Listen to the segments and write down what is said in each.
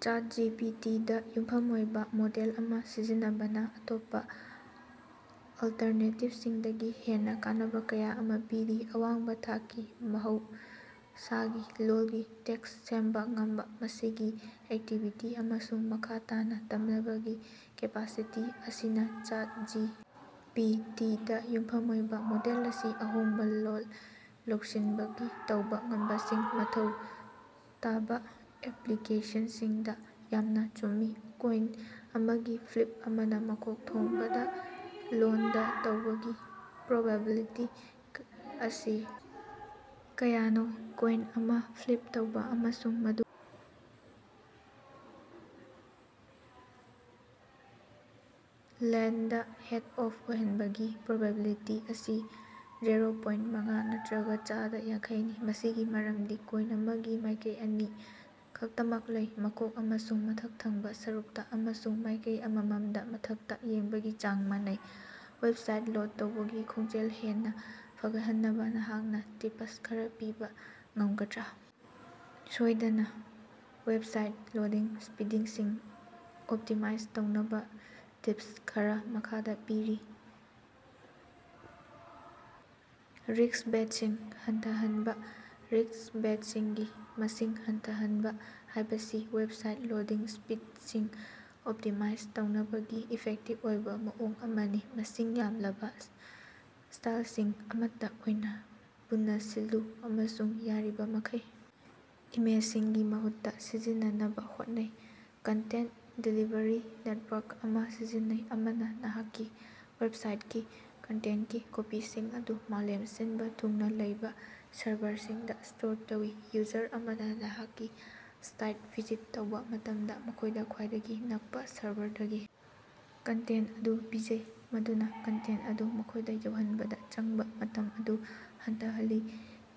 ꯆꯥꯠ G P. T. ꯗ ꯌꯨꯝꯐꯝ ꯑꯣꯏꯕ ꯃꯣꯗꯦꯜ ꯑꯃ ꯁꯤꯖꯤꯟꯅꯕꯅ ꯑꯇꯣꯞꯄ ꯑꯜꯇꯔꯅꯦꯇꯤꯚꯁꯤꯡꯗꯒꯤ ꯍꯦꯟꯅ ꯀꯥꯟꯅꯕ ꯀꯌꯥ ꯑꯃ ꯄꯤꯔꯤ꯫ ꯑꯋꯥꯡꯕ ꯊꯥꯛꯀꯤ ꯃꯍꯧꯁꯥꯒꯤ ꯂꯣꯜꯒꯤ ꯇꯦꯛꯁ ꯁꯦꯝꯕ ꯉꯝꯕ, ꯃꯁꯤꯒꯤ ꯑꯦꯛꯇꯤꯕꯤꯇꯤ, ꯑꯃꯁꯨꯡ ꯃꯈꯥ ꯇꯥꯅ ꯇꯝꯅꯕꯒꯤ ꯀꯦꯄꯥꯁꯤꯇꯤ ꯑꯁꯤꯅ ꯆꯥꯠ ꯖꯤ. ꯄꯤ. ꯇꯤ. ꯗ ꯌꯨꯝꯐꯝ ꯑꯣꯏꯕ ꯃꯣꯗꯦꯜ ꯑꯁꯤ ꯑꯍꯣꯡꯕ ꯂꯣꯜ ꯂꯧꯁꯤꯟꯕꯒꯤ ꯇꯧꯕ ꯉꯝꯕꯁꯤꯡ ꯃꯊꯧ ꯇꯥꯕꯥꯑꯦꯄ꯭ꯂꯤꯀꯦꯁꯟꯁꯤꯡꯗ ꯌꯥꯝꯅ ꯆꯨꯝꯃꯤ꯫ ꯀꯣꯏꯟ ꯑꯃꯒꯤ ꯐ꯭ꯂꯤꯞ ꯑꯃꯅ ꯃꯀꯣꯛ ꯊꯣꯡꯕꯗ ꯂꯦꯟꯗ ꯇꯧꯕꯒꯤ ꯄ꯭ꯔꯣꯕꯤꯕꯤꯂꯤꯇꯤ ꯑꯁꯤ ꯀꯌꯥꯅꯣ? ꯀꯣꯏꯟ ꯑꯃ ꯐ꯭ꯂꯤꯞ ꯇꯧꯕ ꯑꯃꯁꯨꯡ ꯃꯗꯨ ꯂꯦꯟꯗ ꯍꯦꯗ ꯑꯣꯐ ꯑꯣꯏꯍꯟꯕꯒꯤ ꯄ꯭ꯔꯣꯕꯤꯕꯤꯂꯤꯇꯤ ꯑꯁꯤ ꯖꯦꯔꯣ ꯄꯣꯏꯟ ꯃꯉꯥ ꯅꯠꯇꯔꯒ ꯆꯥꯗ ꯌꯥꯡꯈꯩꯅꯤ꯫ ꯃꯁꯤꯒꯤ ꯃꯔꯝꯗꯤ ꯀꯣꯏꯟ ꯑꯃꯒꯤ ꯃꯥꯏꯀꯩ ꯑꯅꯤ ꯈꯛꯇꯃꯛ ꯂꯩ, ꯃꯀꯣꯛ ꯑꯃꯁꯨꯡ ꯃꯊꯛ ꯊꯪꯕ ꯁꯔꯨꯛꯇ, ꯑꯃꯁꯨꯡ ꯃꯥꯌꯀꯩ ꯑꯃꯃꯝꯗ ꯃꯊꯛꯇ ꯌꯦꯡꯕꯒꯤ ꯆꯥꯡ ꯃꯥꯟꯅꯩ꯫ ꯋꯦꯕꯁꯥꯏꯠ ꯂꯣꯗ ꯇꯧꯕꯒꯤ ꯈꯣꯡꯖꯦꯜ ꯍꯦꯟꯅ ꯐꯒꯠꯍꯟꯅꯕ ꯅꯍꯥꯛꯅ ꯇꯤꯄꯁ ꯈꯔ ꯄꯤꯕ ꯉꯝꯒꯗ꯭ꯔꯥ? ꯁꯣꯏꯗꯅ, ꯋꯦꯕꯁꯥꯏꯠ ꯂꯣꯗꯤꯡ ꯁ꯭ꯄꯤꯗꯁꯤꯡ ꯑꯣꯞꯇꯤꯃꯥꯏꯖ ꯇꯧꯅꯕ ꯇꯤꯞꯁ ꯈꯔꯥ ꯃꯈꯥꯗ ꯄꯤꯔꯤ: ꯔꯤꯛꯕ꯭ꯦꯁꯠꯁꯤꯡ ꯍꯟꯊꯍꯟꯕ: ꯔꯤꯛꯕ꯭ꯦꯁꯠꯁꯤꯡꯒꯤ ꯃꯁꯤꯡ ꯍꯟꯊꯍꯟꯕ ꯍꯥꯏꯕꯁꯤ ꯋꯦꯕꯁꯥꯏꯠ ꯂꯣꯗꯤꯡ ꯁ꯭ꯄꯤꯗꯁꯤꯡ ꯑꯣꯞꯇꯤꯃꯥꯏꯖ ꯇꯧꯅꯕꯒꯤ ꯏꯐꯦꯛꯇꯤꯚ ꯑꯣꯏꯕ ꯃꯑꯣꯡ ꯑꯃꯅꯤ꯫ ꯃꯁꯤꯡ ꯌꯥꯝꯂꯕ ꯁ꯭ꯇꯥꯏꯜꯁꯤꯠꯁꯤꯡ ꯑꯃꯠꯇ ꯑꯣꯏꯅ ꯄꯨꯅꯁꯤꯜꯂꯨ ꯑꯃꯁꯨꯡ ꯌꯥꯔꯤꯕꯃꯈꯩ ꯏꯃꯦꯖꯁꯤꯡꯒꯤ ꯃꯍꯨꯠꯇ ꯁꯤꯖꯤꯟꯅꯅꯕ ꯍꯣꯠꯅꯧ꯫ ꯀꯟꯇꯦꯟꯠ ꯗꯦꯂꯤꯚꯔꯤ ꯅꯦꯠꯋꯥꯔꯛ ꯑꯃ ꯁꯤꯖꯤꯟꯅꯧ: ꯑꯃꯅ ꯅꯍꯥꯛꯀꯤ ꯋꯦꯕꯁꯥꯏꯠꯀꯤ ꯀꯟꯇꯦꯟꯠꯀꯤ ꯀꯣꯄꯤꯁꯤꯡ ꯑꯗꯨ ꯃꯥꯂꯦꯝ ꯁꯤꯟꯕ ꯊꯨꯡꯅ ꯂꯩꯕ ꯁꯔꯚꯔꯁꯤꯡꯗ ꯁ꯭ꯇꯣꯔ ꯇꯧꯏ꯫ ꯌꯨꯖꯔ ꯑꯃꯅ ꯅꯍꯥꯛꯀꯤ ꯁꯥꯏꯠꯇ ꯚꯤꯖꯤꯠ ꯇꯧꯕꯥ ꯃꯇꯝꯗ, ꯃꯈꯣꯏꯗ ꯈ꯭ꯋꯥꯏꯗꯒꯤ ꯅꯛꯄ ꯁꯔꯚꯔꯗꯒꯤ ꯀꯟꯇꯦꯟꯠ ꯑꯗꯨ ꯄꯤꯖꯩ, ꯃꯗꯨꯅ ꯀꯟꯇꯦꯟꯠ ꯑꯗꯨ ꯃꯈꯣꯏꯗ ꯌꯧꯍꯟꯕꯗ ꯆꯪꯕ ꯃꯇꯝ ꯑꯗꯨ ꯍꯟꯊꯍꯜꯂꯤ꯫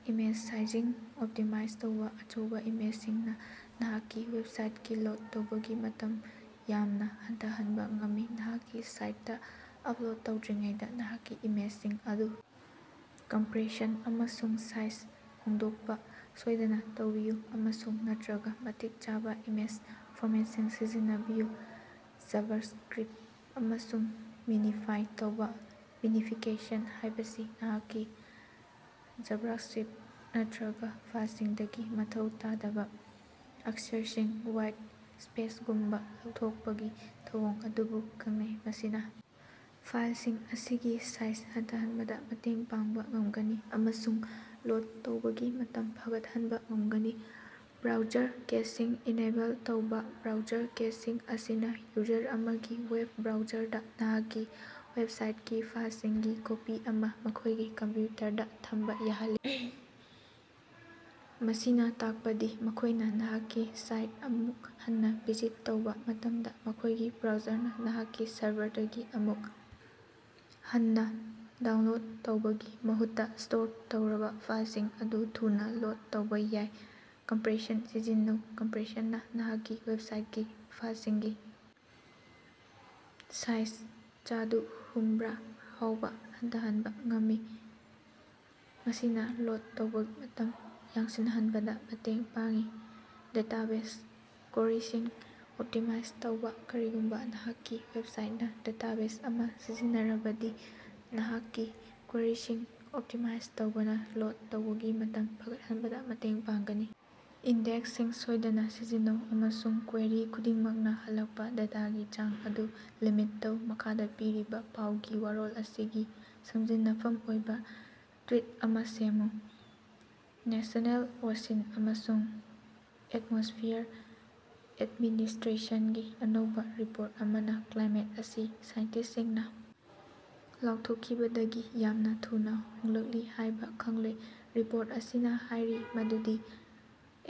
ꯏꯃꯦꯖ ꯁꯥꯏꯖꯁꯤꯡ ꯑꯣꯞꯇꯤꯃꯥꯏꯖ ꯇꯧꯕꯥ: ꯑꯆꯧꯕ ꯏꯃꯦꯖꯁꯤꯡꯅ ꯅꯍꯥꯛꯀꯤ ꯋꯦꯕꯁꯥꯏꯠꯀꯤ ꯂꯣꯗ ꯇꯧꯕꯒꯤ ꯃꯇꯝ ꯌꯥꯝꯅ ꯍꯟꯊꯍꯟꯕ ꯉꯝꯃꯤ꯫ ꯅꯍꯥꯛꯀꯤ ꯁꯥꯏꯠꯇ ꯑꯞꯂꯣꯗ ꯇꯧꯗ꯭ꯔꯤꯉꯩꯗ ꯅꯍꯥꯛꯀꯤ ꯏꯃꯦꯖꯁꯤꯡ ꯑꯗꯨ ꯀꯝꯄ꯭ꯔꯦꯁꯟ ꯑꯃꯁꯨꯡ ꯁꯥꯏꯖ ꯍꯣꯡꯗꯣꯛꯄ ꯁꯣꯏꯗꯅ ꯇꯧꯕꯤꯌꯨ, ꯑꯃꯁꯨꯡ ꯅꯠꯇꯔꯒ ꯃꯇꯤꯛ ꯆꯥꯕ ꯏꯃꯦꯖ ꯐꯣꯔꯃꯦꯠꯁꯤꯡ ꯁꯤꯖꯤꯟꯅꯕꯤꯌꯨ꯫ ꯖꯥꯚꯥꯁ꯭ꯀꯔꯤꯞꯠ, ꯑꯃꯁꯨꯡ ꯃꯤꯅꯤꯐꯥꯏ ꯇꯧꯕꯥ: ꯃꯤꯅꯤꯐꯤꯀꯦꯁꯟ ꯍꯥꯏꯕꯁꯤ ꯅꯍꯥꯛꯀꯤ, ꯖꯥꯚꯥꯁ꯭ꯛꯔꯤꯞꯠ ꯅꯠꯇꯔꯒ ꯐꯥꯏꯜꯁꯤꯡꯗꯒꯤ ꯃꯊꯧ ꯇꯥꯗꯕ ꯑꯛꯁꯔꯁꯤꯡ (ꯋꯥꯏꯠ ꯁ꯭ꯄꯦꯁꯒꯨꯝꯕꯥ) ꯂꯧꯊꯣꯖꯄꯒꯤ ꯊꯧꯑꯣꯡ ꯑꯗꯨꯕꯨ ꯈꯪꯅꯩ꯫ ꯃꯁꯤꯅ ꯐꯥꯏꯜꯁꯤꯡ ꯑꯁꯤꯒꯤ ꯁꯥꯏꯖ ꯍꯟꯊꯍꯟꯕꯗ ꯃꯇꯦꯡ ꯄꯥꯡꯕ ꯉꯝꯒꯅꯤ ꯑꯃꯁꯨꯡ ꯂꯣꯗ ꯇꯧꯕꯒꯤ ꯃꯇꯝ ꯐꯒꯠꯍꯟꯕ ꯉꯝꯒꯅꯤ꯫ ꯕ꯭ꯔꯥꯎꯖꯔ ꯀꯦꯁꯤꯡ ꯏꯅꯦꯕꯜ ꯇꯧꯕꯥ: ꯕ꯭ꯔꯥꯎꯖꯔ ꯀꯦꯁꯤꯡ ꯑꯁꯤꯅ ꯌꯨꯖꯔ ꯑꯃꯒꯤ ꯋꯦꯕ ꯕ꯭ꯔꯥꯎꯖꯔꯗ ꯅꯍꯥꯛꯀꯤ ꯋꯦꯕꯁꯥꯏꯠꯀꯤ ꯐꯥꯏꯜꯁꯤꯡꯒꯤ ꯀꯣꯄꯤ ꯑꯃ ꯃꯈꯣꯏꯒꯤ ꯀꯝꯄ꯭ꯌꯨꯇꯔꯗ ꯊꯝꯕ ꯌꯥꯍꯜꯂꯤ꯫ ꯃꯁꯤꯅ ꯇꯥꯛꯄꯗꯤ ꯃꯈꯣꯏꯅ ꯅꯍꯥꯛꯀꯤ ꯁꯥꯏꯠꯇ ꯑꯃꯨꯛ ꯍꯟꯅ ꯚꯤꯖꯤꯠ ꯇꯧꯕꯥ ꯃꯇꯝꯗ, ꯃꯈꯣꯏꯒꯤ ꯕ꯭ꯔꯥꯎꯖꯔꯅ ꯅꯍꯥꯛꯀꯤ ꯁꯔꯚꯔꯗꯒꯤ ꯑꯃꯨꯛ ꯍꯟꯅ ꯗꯥꯎꯟꯂꯣꯗ ꯇꯧꯕꯒꯤ ꯃꯍꯨꯠꯇ ꯁ꯭ꯇꯣꯔ ꯇꯧꯔꯕ ꯐꯥꯏꯜꯁꯤꯡ ꯑꯗꯨ ꯊꯨꯅ ꯂꯣꯗ ꯇꯧꯕꯥ ꯌꯥꯏ꯫ ꯀꯝꯄ꯭ꯔꯦꯁꯟ ꯁꯤꯖꯤꯟꯅꯧ: ꯀꯝꯄ꯭ꯔꯦꯁꯟꯅ ꯅꯍꯥꯛꯀꯤ ꯋꯦꯕꯁꯥꯏꯠꯀꯤ ꯐꯥꯏꯜꯁꯤꯡꯒꯤ ꯁꯥꯏꯖ ꯆꯥꯗ ꯍꯨꯝꯗꯔꯥ ꯐꯥꯎꯕ ꯍꯟꯊꯍꯟꯕ ꯉꯝꯃꯤ, ꯃꯁꯤꯅ ꯂꯣꯗ ꯇꯧꯕꯒꯤ ꯃꯇꯝ ꯌꯥꯡꯁꯤꯟꯍꯟꯕꯗ ꯃꯇꯦꯡ ꯄꯥꯡꯏ꯫ ꯗꯦꯇꯥꯕꯦꯖ ꯀ꯭ꯋꯦꯔꯤꯁꯤꯡ ꯑꯣꯞꯇꯤꯃꯥꯏꯖ ꯇꯧꯕꯥ: ꯀꯔꯤꯒꯨꯝꯕ ꯅꯍꯥꯛꯀꯤ ꯋꯦꯕꯁꯥꯏꯠꯅ ꯗꯦꯇꯥꯕꯦꯖ ꯑꯃ ꯁꯤꯖꯤꯟꯅꯔꯕꯗꯤ, ꯅꯍꯥꯛꯀꯤ ꯀ꯭ꯋꯦꯔꯤꯁꯤꯡ ꯑꯣꯞꯇꯤꯃꯥꯏꯖ ꯇꯧꯕꯅ ꯂꯣꯗ ꯇꯧꯕꯒꯤ ꯃꯇꯝ ꯐꯒꯠꯍꯟꯕꯗ ꯃꯇꯦꯡ ꯄꯥꯡꯒꯅꯤ꯫ ꯏꯟꯗꯦꯛꯁꯁꯤꯡ ꯁꯣꯏꯗꯅ ꯁꯤꯖꯤꯟꯅꯧ, ꯑꯃꯁꯨꯡ ꯀ꯭ꯋꯦꯔꯤ ꯈꯨꯗꯤꯡꯃꯛꯅ ꯍꯜꯂꯛꯄ ꯗꯦꯇꯥꯒꯤ ꯆꯥꯡ ꯑꯗꯨ ꯂꯤꯃꯤꯠ ꯇꯧ꯫ ꯃꯈꯥꯗ ꯄꯤꯔꯤꯕ ꯄꯥꯎꯒꯤ ꯋꯥꯔꯣꯜ ꯑꯁꯤꯒꯤ ꯁꯝꯖꯤꯟꯅꯐꯝ ꯑꯣꯏꯕ ꯇ꯭ꯋꯤꯠ ꯑꯃ ꯁꯦꯝꯃꯨ꯫ ꯅꯦꯁ꯭ꯅꯦꯜ ꯑꯣꯁꯤꯟ ꯑꯃꯁꯨꯡ ꯑꯦꯠꯃꯣꯁ꯭ꯐꯤꯌꯔ ꯑꯦꯗꯃꯤꯅꯤꯁ꯭ꯇꯔꯦꯁꯟꯒꯤ ꯑꯅꯧꯕ ꯔꯤꯄꯣꯔꯠ ꯑꯃꯅ ꯀ꯭ꯂꯥꯏꯃꯦꯠ ꯑꯁꯤ ꯁꯥꯏꯟꯇ꯭ꯤꯁꯠꯁꯤꯡꯅ ꯂꯥꯎꯊꯣꯛꯈꯤꯕꯗꯒꯤ ꯌꯥꯝꯅ ꯊꯨꯅꯥ ꯍꯣꯡꯂꯛꯂꯤ ꯍꯥꯏꯕ ꯈꯪꯂꯦ꯫ ꯔꯤꯄꯣꯔꯠ ꯑꯁꯤꯅ ꯍꯥꯏꯔꯤ ꯃꯗꯨꯗꯤ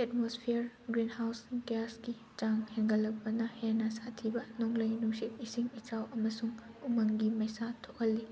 ꯑꯦꯠꯃꯣꯁ꯭ꯐꯤꯌꯔꯗ ꯒ꯭ꯔꯤꯟꯍꯥꯎꯁ ꯒ꯭ꯌꯥꯁꯀꯤ ꯆꯥꯡ ꯍꯦꯡꯒꯠꯂꯛꯄꯅ ꯍꯦꯟꯅ ꯁꯥꯊꯤꯕ ꯅꯣꯡꯂꯩ-ꯅꯨꯡꯁꯤꯠ, ꯏꯁꯤꯡ ꯏꯆꯥꯎ ꯑꯃꯁꯨꯡ ꯎꯃꯪꯒꯤ ꯃꯩꯁꯥ ꯊꯣꯈꯜꯂꯤ꯫